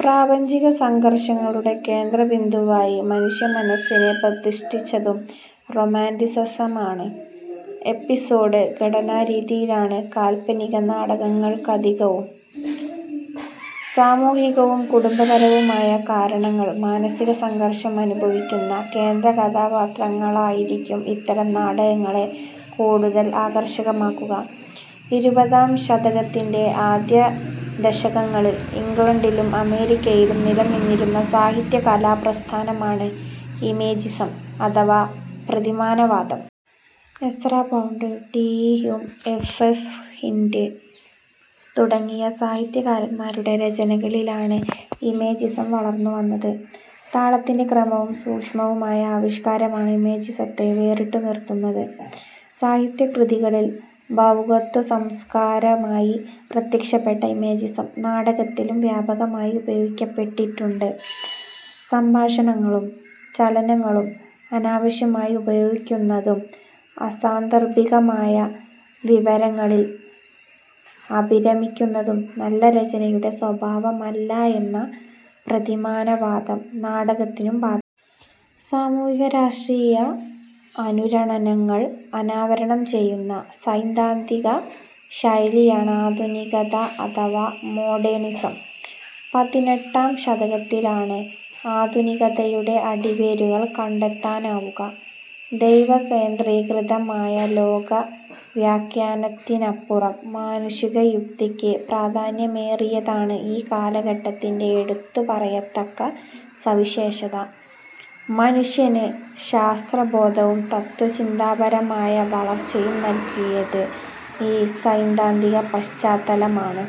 പ്രാപഞ്ചിക സംഘർഷങ്ങളുടെ കേന്ദ്രബിന്ദുവായി മനുഷ്യമനസ്സിനെ പ്രതിഷ്ഠിച്ചതും റൊമാന്റിസിസമാണ്. 'Episode' ഘടനാരീതിയാണ് കാല്പനിക നാടകങ്ങൾക്കധികവും. സാമൂഹികവും കുടുംബപരവുമായ കാരണങ്ങൾ മാനസിക സംഘർഷം അനുഭവിക്കുന്ന കേന്ദ്രകഥാപാത്രങ്ങളായിരിക്കും ഇത്തരം നാടകങ്ങളെ കൂടുതൽ ആകർഷകമാക്കുക. ഇരുപതാം ശതകത്തിന്റെ ആദ്യദശകങ്ങളിൽ ഇംഗ്ലണ്ടിലും അമേരിക്കയിലും നിലനിന്നിരുന്ന സാഹിത്യ കലാ പ്രസ്ഥാനമാണ് ഇമേജിസം അഥവാ 'പ്രതിമാനവാദം'. Ezra Pound, T. E. Hulme, F. S. Flint തുടങ്ങിയ സാഹിത്യകാരന്മാരുടെ രചനകളിലാണ് 'ഇമേജിസം' വളർന്നുവന്നത്. താളത്തിന്റെ ക്രമവും സൂക്ഷ്മവുമായ ആവിഷ്കാരമാണ് ഇമേജിസത്തെ വേറിട്ടു നിർത്തുന്നത്. സാഹിത്യ കൃതികളിൽ ഭാവുകത്വസംസ്കാരമായി പ്രത്യക്ഷപ്പെട്ട ഇമേജിസം, നാടകത്തിലും വ്യാപകമായി ഉപയോഗിക്കപ്പെട്ടിട്ടുണ്ട്. സംഭാഷണങ്ങളും ചലനങ്ങളും അനാവശ്യമായി ഉപയോഗിക്കുന്നതും അസാന്ദർഭികമായ വിവരങ്ങളിൽ അഭിരമിക്കുന്നതും നല്ല രചനയുടെ സ്വഭാവമല്ല എന്ന പ്രതിമാനവാദം നാടകത്തിനും ബാധകമാണ്. സാമൂഹിക-രാഷ്ട്രീയ അനുരണനങ്ങൾ അനാവരണം ചെയ്യുന്ന സൈദ്ധാന്തിക ശൈലിയാണ് ആധുനികത അഥവാ മോഡേണിസം. പതിനെട്ടാം ശതകത്തിലാണ് ആധുനികതയുടെ അടിവേരുകൾ കണ്ടെത്താനാവുക. ദൈവകേന്ദ്രീകൃതമായ ലോക വ്യാഖ്യാനത്തിനപ്പുറം മാനുഷിക യുക്തിക്ക് പ്രാധാന്യമേറിയതാണ് ഈ കാലഘട്ടത്തിന്റെ എടുത്തുപറയത്തക്ക സവിശേഷത. മനുഷ്യന് ശാസ്ത്രബോധവും തത്ത്വചിന്താപരമായ വളർച്ചയും നല്കിയത് ഈ സൈദ്ധാന്തിക പശ്ചാത്തലമാണ്.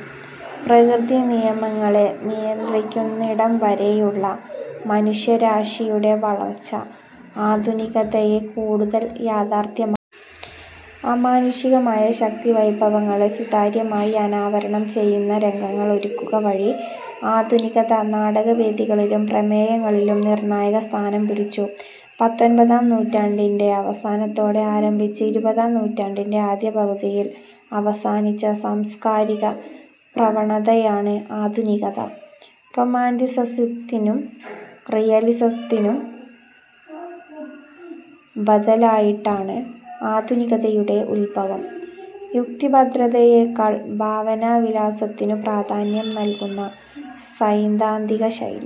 പ്രകൃതി നിയമങ്ങളെ നിയന്ത്രിക്കുന്നിടംവരെയുള്ള മനുഷ്യരാശിയുടെ വളർച്ച ആധുനികതയെ കൂടുതൽ യാഥാർഥ്യമാക്കുന്നു. അമാനുഷികമായ ശക്തിവൈഭവങ്ങളെ സുതാര്യമായി അനാവരണം ചെയ്യുന്ന രംഗങ്ങൾ ഒരുക്കുകവഴി ആധുനികത നാടകവേദികളിലും പ്രമേയങ്ങളിലും നിർണായക സ്ഥാനം പിടിച്ചു. പത്തൊൻപതാം നൂറ്റാണ്ടിന്റെ അവസാനത്തോടെ ആരംഭിച്ച് ഇരുപതാം നൂറ്റാണ്ടിന്റെ ആദ്യപകുതിയിൽ അവസാനിച്ച സാംസ്കാരിക പ്രവണതയാണ് ആധുനികത. റൊമാന്റിസിസത്തിനും റിയലിസത്തിനും ബദലായിട്ടാണ് ആധുനികതയുടെ ഉദ്ഭവം. യുക്തിഭദ്രതയെക്കാൾ ഭാവനാവിലാസത്തിനു പ്രാധാന്യം നൽകുന്ന സൈദ്ധാന്തിക ശൈലി.